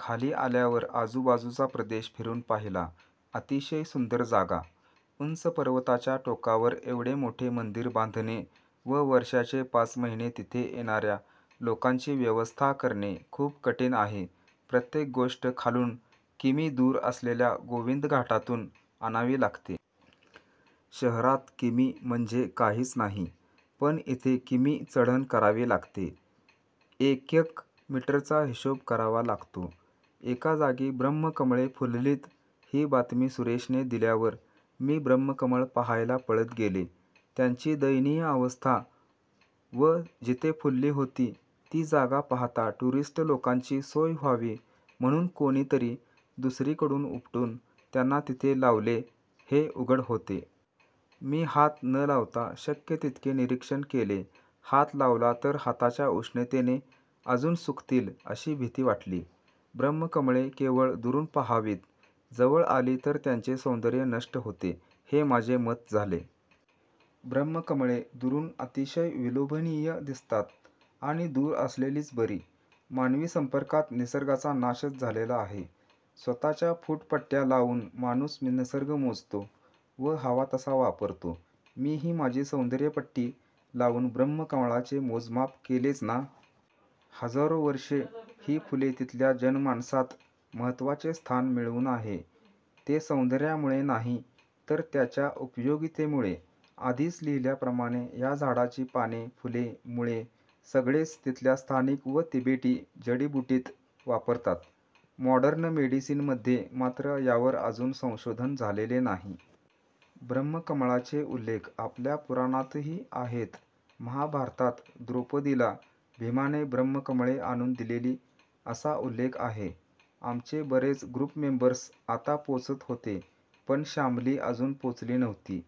खाली आल्यावर आजूबाजूचा प्रदेश फिरून पाहिला. अतिशय सुंदर जागा!! उंच पर्वताच्या टोकावर एवढे मोठे मंदिर बांधणे व वर्षाचे पाच महिने तिथे येणाऱ्या लोकांची व्यवस्था करणे खूप कठीण आहे. प्रत्येक गोष्ट खालून किमी दूर असलेल्या गोविंदघाटातून आणावी लागते. शहरात किमी म्हणजे काहीच नाही पण इथे किमी चढण करावी लागते. एकेक मीटरचा हिशोब करावा लागतो. एका जागी ब्रम्हकमळे फुललीत ही बातमी सुरेशने दिल्यावर मी ब्रम्हकमळ पाहायला पळत गेले. त्यांची दयनीय अवस्था व जिथे फुलली होती ती जागा पाहता टूरिस्ट लोकांची सोय व्हावी म्हणून कोणीतरी दुसरीकडून उपटून त्यांना तिथे लावले हे उघड होते. मी हात न लावता शक्य तितके निरीक्षण केले. हात लावला तर हाताच्या उष्णतेने अजून सुकतील अशी भीती वाटली. ब्रम्हकमळे केवळ दुरून पाहावीत, जवळ आली तर त्यांचे सौंदर्य नष्ट होते हे माझे मत झाले. ब्रम्हकमळे दुरून अतिशय विलोभनीय दिसतात. आणि दूर असलेलीच बरी. मानवी संपर्कात निसर्गाचा नाशच झालेला आहे. स्वतःच्या फुटपट्ट्या लावून माणूस निसर्ग मोजतो व हवा तसा वापरतो. मीही माझी सौंदर्यपट्टी लावून ब्रम्हकमळाचे मोजमाप केलेच ना. हजारो वर्षे हे फुल तिथल्या जनमानसात महत्वाचे स्थान मिळवून आहे ते सौंदर्यामुळे नाही तर त्याच्या उपयोगितेमुळे. आधीच लिहिल्याप्रमाणे ह्या झाडाची पाने, फुले, मूळे सगळेच तिथल्या स्थानिक व तिबेटी जडिबुटीत वापरतात. मॉडर्न मेडिसीनमध्ये मात्र यावर अजून संशोधन झालेले नाही. ब्रम्हकमळाचे उल्लेख आपल्या पुराणातही आहेत. महाभारतात द्रौपदीला भीमाने ब्रम्हकमळे आणून दिलेली असा उल्लेख आहे. आमचे बरेच ग्रुपमेंबर्स आता पोचत होते पण शामली अजून पोचली नव्हती.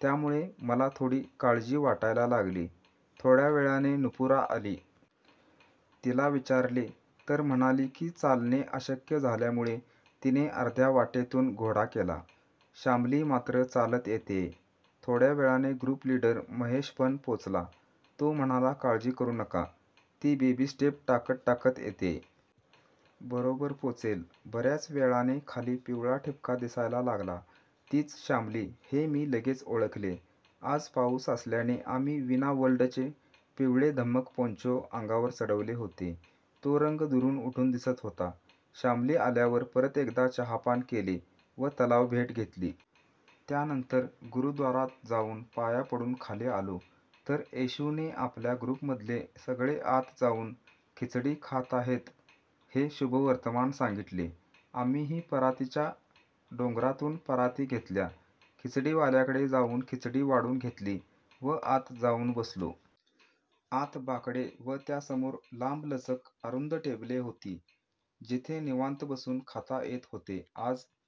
त्यामुळे मला थोडी काळजी वाटायला लागली. थोड्या वेळाने नुपुरा आली. तिला विचारले तर म्हणाली की चालणे अशक्य झाल्यामुळे तिने अर्ध्या वाटेतुन घोडा केला, शामली मात्र चालत येतेय. थोड्या वेळाने ग्रुपलीडर महेशपण पोचला. तो म्हणाला काळजी करू नका, ती बेबी स्टेप टाकत टाकत येतेय. बरोबर पोचेल. बऱ्याच वेळाने खाली पिवळा ठिपका दिसायला लागला. तीच शामली हे मी लगेच ओळखले. आज पाऊस असल्याने आम्ही वीणावर्ल्डचे पिवळेधम्मक पोंचो अंगावर चढवले होते, तो रंग दुरून उठून दिसत होता. शामली आल्यावर परत एकदा चहापान केले व तलावभेट घेतली. त्यानंतर गुरुद्वारात जाऊन पाया पडून खाली आलो तर ऐशूने आपल्या ग्रुपमधले सगळे आत जाऊन खिचडी खाताहेत हे शुभवर्तमान सांगितले. आम्हीही परातीच्या डोंगरातून पराती घेतल्या, खिचडीवाल्याकडे जाऊन खिचडी वाढून घेतली व आत जाऊन बसलो. आत बाकडे व त्यासमोर लाम्बलचक अरुंद टेबले होती जिथे निवांत बसून खाता येत होते. आज